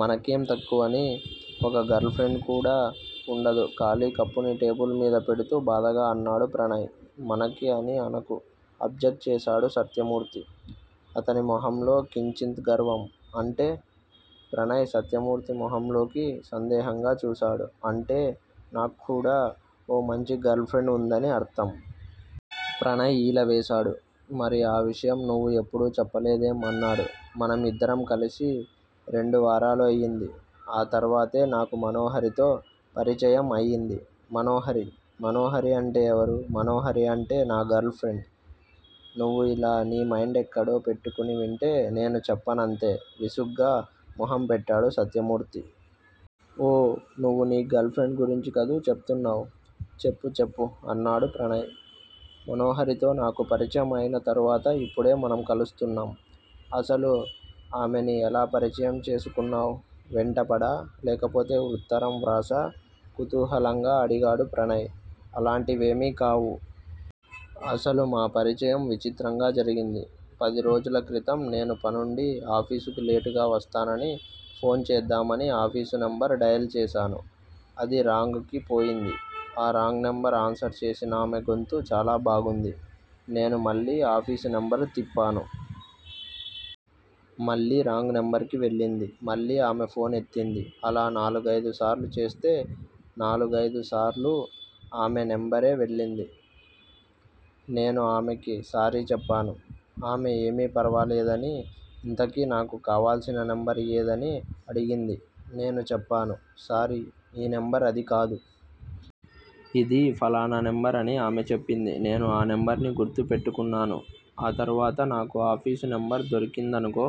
మనకేం తక్కువని ఒక్క గర్ల్ ఫ్రెండ్ కూడా వుండదు ఖాళీ కప్పుని టేబుల్ మీద పెడుతూ బాధగా అన్నాడు ప్రణయ్. మనకి అని అనకు అబ్జక్ట్ చేశాడు సత్యమూర్తి. అతని మొహంలో కించిత్ గర్వం. అంటే? ప్రణయ్ సత్యమూర్తి మొహంలోకి సందేహంగా చూశాడు. అంటే నాక్కూడా ఓ మంచి గర్ల్ ఫ్రెండ్ వుందని అర్ధం. ప్రణయ్ ఈల వేశాడు. మరి ఆ విషయం నువ్వు ఎప్పుడూ చెప్పలేదేం? అన్నాడు. మనం ఇద్దరం కలిసి రెండు వారాలు అయింది. ఆ తర్వాతే నాకు మనోహరితో పరిచయం అయ్యింది. మనోహరి! మనోహరి అంటే ఎవరు? మనోహరి అంటే నా గర్ల్ ఫ్రెండ్. నువ్వు ఇలా నీ మైండెక్కడో పెట్టుకుని వింటే నేను చెప్పనంతే విసుగ్గా మొహంపెట్టాడు సత్యమూర్తి. ఓ నువ్వు నీ గర్ల్ ఫ్రెండ్ గురించి కదూ చెప్తున్నావ్? చెప్పు, చెప్పు అన్నాడు ప్రణయ్. మనోహరితో నాకు పరిచయం అయిన తరువాత ఇప్పుడే మనం కలుస్తున్నాం. అసలు ఆమెని ఎలా పరిచయం చేసుకున్నావ్? వెంటపడా? లేకపోతే ఉత్తరం వ్రాశా? కుతూహలంగా అడిగాడు ప్రణయ్. అలాంటివేమీ కావు. అసలు మా పరిచయం విచిత్రంగా జరిగింది. పదిరోజుల క్రితం నేను పనుండి ఆఫీసుకి లేటుగా వస్తానని ఫోన్ చేద్దామని ఆఫీసు నెంబర్ డయల్ చేశాను. అది రాంగ్ కి పోయింది. ఆ రాంగ్ నెంబర్ ఆన్సర్ చేసినామె గొంతు చాలా బాగుంది. నేను మళ్ళీ ఆఫీసు నెంబరు తిప్పాను. మళ్ళీ రాంగ్ నెంబర్ కి వెళ్ళింది. మళ్ళీ ఆమే ఫోన్ ఎత్తింది అలా నాలుగైదుసార్లు చేస్తే నాలుగైదుసార్లూ ఆమె నెంబరే వెళ్ళింది. నేను ఆమెకి సారీ చెప్పాను. ఆమె ఏమీ పరవాలేదని ఇంతకీ నాకు కావాల్సిన నంబర్ ఏదని అడిగింది. నేను చెప్పాను. సారీ ఈ నెంబర్ అది కాదు. ఇది ఫలానా నెంబర్ అని ఆమె చెప్పింది. నేను ఆ నెంబర్ ని గుర్తుపెట్టుకున్నాను ఆ తరువాత నాకు ఆఫీసు నెంబర్ దొరికిందనుకో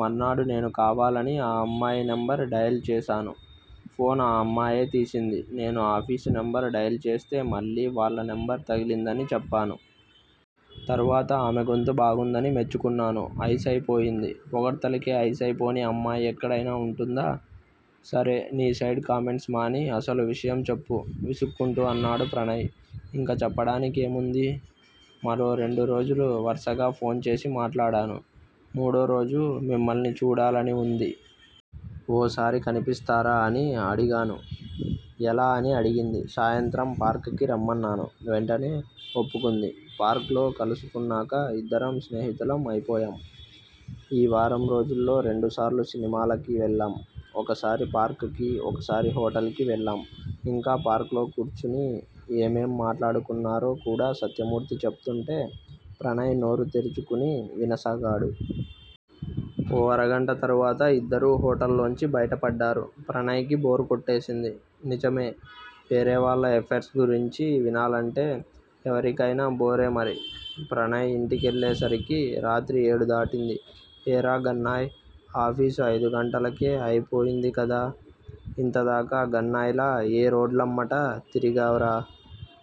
మర్నాడు నేను కావాలని ఆ అమ్మాయి నెంబర్ డయల్ చేశాను. ఫోన్ ఆ అమ్మాయే తీసింది. నేను ఆఫీసు నెంబర్ డయల్ చేస్తే మళ్ళీ వాళ్ళ నెంబర్ తగిలిందని చెప్పాను. తరువాత ఆమె గొంతు బాగుందని మెచ్చుకున్నాను. అయిసయిపోయింది. పొగడ్తలకి అయిసయిపోని అమ్మాయి ఎక్కడైనా వుంటుందా? సరే నీ సైడ్ కామెంట్స్ మాని అసలు విషయం చెప్పు విసుక్కుంటూ అన్నాడు ప్రణయ్. ఇంక చెప్పడానికేముంది? మరో రెండు రోజులు వర్సగా ఫోన్ చేసి మాట్లాడాను. మూడోరోజు మిమ్మల్ని చూడాలని వుంది. ఓసారి కనిపిస్తారా అని అడిగాను. ఎలా అని అడిగింది. సాయంత్రం పార్క్ కి రమ్మన్నాను. వెంటనే ఒప్పుకుంది. పార్క్ లో కలుసుకున్నాక ఇద్దరం స్నేహితులం అయిపోయాం. ఈ వారం రోజుల్లో రెండుసార్లు సినిమాలకి వెళ్ళాం ఒకసారి పార్క్ కి, ఒకసారి హోటల్ కి వెళ్ళాం. ఇంకా పార్క్ లో కూర్చుని ఏమేం మాట్లాడుకున్నారో కూడా సత్యమూర్తి చెప్తుంటే ప్రణయ్ నోరు తెరుచుకుని వినసాగాడు. ఓ అరగంట తరువాత ఇద్దరూ హోటల్ లోంచి బయటపడ్డారు. ప్రణయ్ కి బోర్ కొట్టేసింది. నిజమే వేరేవాళ్ళ ఎఫైర్స్గురించి వినాలంటే ఎవరికయినా బోరేమరి. ప్రణయ్ ఇంటికెళ్ళేసరికి రాత్రి ఏడు దాటింది. ఏరా గన్నాయ్! ఆఫీసు అయిదు గంటలకే అయిపోయిందికదా? ఇంతదాకా గన్నాయ్ లా ఏ రోడ్లమ్మట తిరిగావ్ రా?